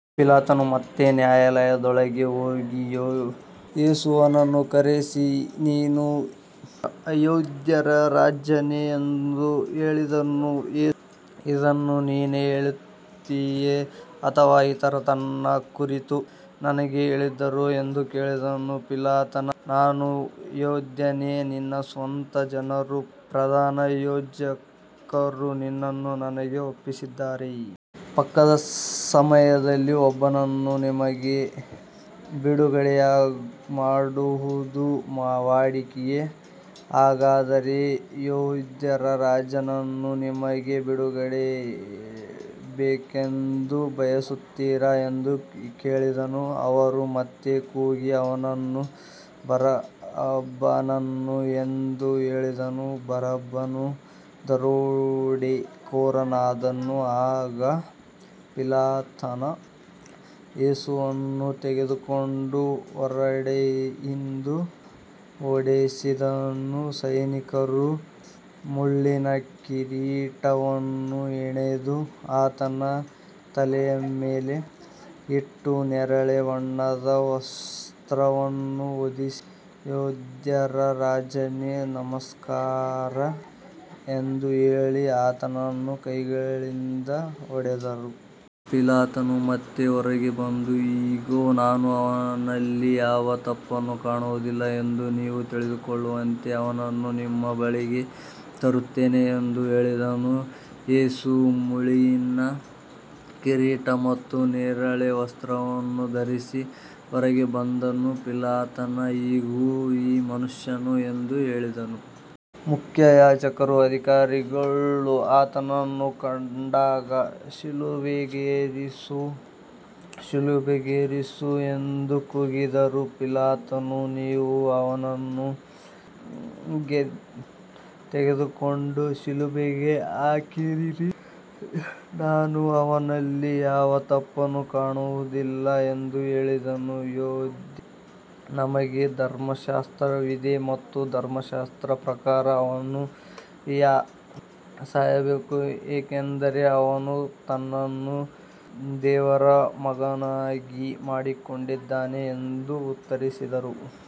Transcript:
ಪಿಲಾತನು ಮತ್ತೆ ನ್ಯಾಯಾಲಯದೊಳಗೆ ಹೋಗಿ ಯೇಸುವನ್ನು ಕರೆಸಿ, ನೀನು ಯೆಹೂದ್ಯರ ರಾಜನೇ ಎಂದು ಕೇಳಿದನು. ಯೇಸು, ಇದನ್ನು ನೀನೇ ಹೇಳುತ್ತೀಯೋ, ಅಥವಾ ಇತರರು ನನ್ನ ಕುರಿತು ನಿನಗೆ ಹೇಳಿದರೋ ಎಂದು ಕೇಳಿದನು. ಪಿಲಾತನು, ನಾನು ಯೆಹೂದ್ಯನೇ? ನಿನ್ನ ಸ್ವಂತ ಜನರೂ ಪ್ರಧಾನ ಯಾಜಕರೂ ನಿನ್ನನ್ನು ನನಗೆ ಒಪ್ಪಿಸಿದ್ದಾರೆ. ಪಸ್ಕದ ಸಮಯದಲ್ಲಿ ಒಬ್ಬನನ್ನು ನಿಮಗೆ ಬಿಡುಗಡೆಮಾಡುವುದು ವಾಡಿಕೆ. ಹಾಗಾದರೆ ಯೆಹೂದ್ಯರ ರಾಜನನ್ನು ನಿಮಗೆ ಬಿಡುಗಡೆಮಾಡಬೇಕೆಂದು ಬಯಸುತ್ತೀರಾ ಎಂದು ಕೇಳಿದನು. ಅವರು ಮತ್ತೆ ಕೂಗಿ, ಇವನನ್ನಲ್ಲ, ಬರಬ್ಬನನ್ನು ಎಂದು ಹೇಳಿದರು. ಬರಬ್ಬನು ದರೋಡೆಕೋರನಾಗಿದ್ದನು. ಆಗ ಪಿಲಾತನು ಯೇಸುವನ್ನು ತೆಗೆದುಕೊಂಡು ಕೊರಡೆಯಿಂದ ಹೊಡೆಸಿದನು. ಸೈನಿಕರು ಮುಳ್ಳಿನ ಕಿರೀಟವನ್ನು ಹೆಣೆದು ಆತನ ತಲೆಯ ಮೇಲೆ ಇಟ್ಟು, ನೇರಳೆ ಬಣ್ಣದ ವಸ್ತ್ರವನ್ನು ಹೊದಿಸಿ, ಯೆಹೂದ್ಯರ ರಾಜನೇ, ನಮಸ್ಕಾರ ಎಂದು ಹೇಳಿ ಆತನನ್ನು ಕೈಗಳಿಂದ ಹೊಡೆದರು. ಪಿಲಾತನು ಮತ್ತೆ ಹೊರಗೆ ಬಂದು, ಇಗೋ, ನಾನು ಅವನಲ್ಲಿ ಯಾವ ತಪ್ಪನ್ನೂ ಕಾಣುವುದಿಲ್ಲ ಎಂದು ನೀವು ತಿಳಿದುಕೊಳ್ಳುವಂತೆ ಅವನನ್ನು ನಿಮ್ಮ ಬಳಿಗೆ ತರುತ್ತೇನೆ ಎಂದು ಹೇಳಿದನು. ಯೇಸು ಮುಳ್ಳಿನ ಕಿರೀಟ ಮತ್ತು ನೇರಳೆ ವಸ್ತ್ರವನ್ನು ಧರಿಸಿ ಹೊರಗೆ ಬಂದನು. ಪಿಲಾತನು, ಇಗೋ, ಈ ಮನುಷ್ಯನು ಎಂದು ಹೇಳಿದನು. ಮುಖ್ಯಯಾಜಕರೂ ಅಧಿಕಾರಿಗಳೂ ಆತನನ್ನು ಕಂಡಾಗ, ಶಿಲುಬೆಗೇರಿಸು, ಶಿಲುಬೆಗೇರಿಸು ಎಂದು ಕೂಗಿದರು. ಪಿಲಾತನು, ನೀವು ಅವನನ್ನು ತೆಗೆದುಕೊಂಡು ಶಿಲುಬೆಗೆ ಹಾಕಿರಿ, ನಾನು ಅವನಲ್ಲಿ ಯಾವ ತಪ್ಪನ್ನೂ ಕಾಣುವುದಿಲ್ಲ ಎಂದು ಹೇಳಿದನು. ಯೆಹೂದ್ಯರು, ನಮಗೆ ಧರ್ಮಶಾಸ್ತ್ರವಿದೆ, ನಮ್ಮ ಧರ್ಮಶಾಸ್ತ್ರದ ಪ್ರಕಾರ ಅವನು ಸಾಯಬೇಕು, ಏಕೆಂದರೆ ಅವನು ತನ್ನನ್ನು ದೇವರ ಮಗನನ್ನಾಗಿ ಮಾಡಿಕೊಂಡಿದ್ದಾನೆ ಎಂದು ಉತ್ತರಿಸಿದರು.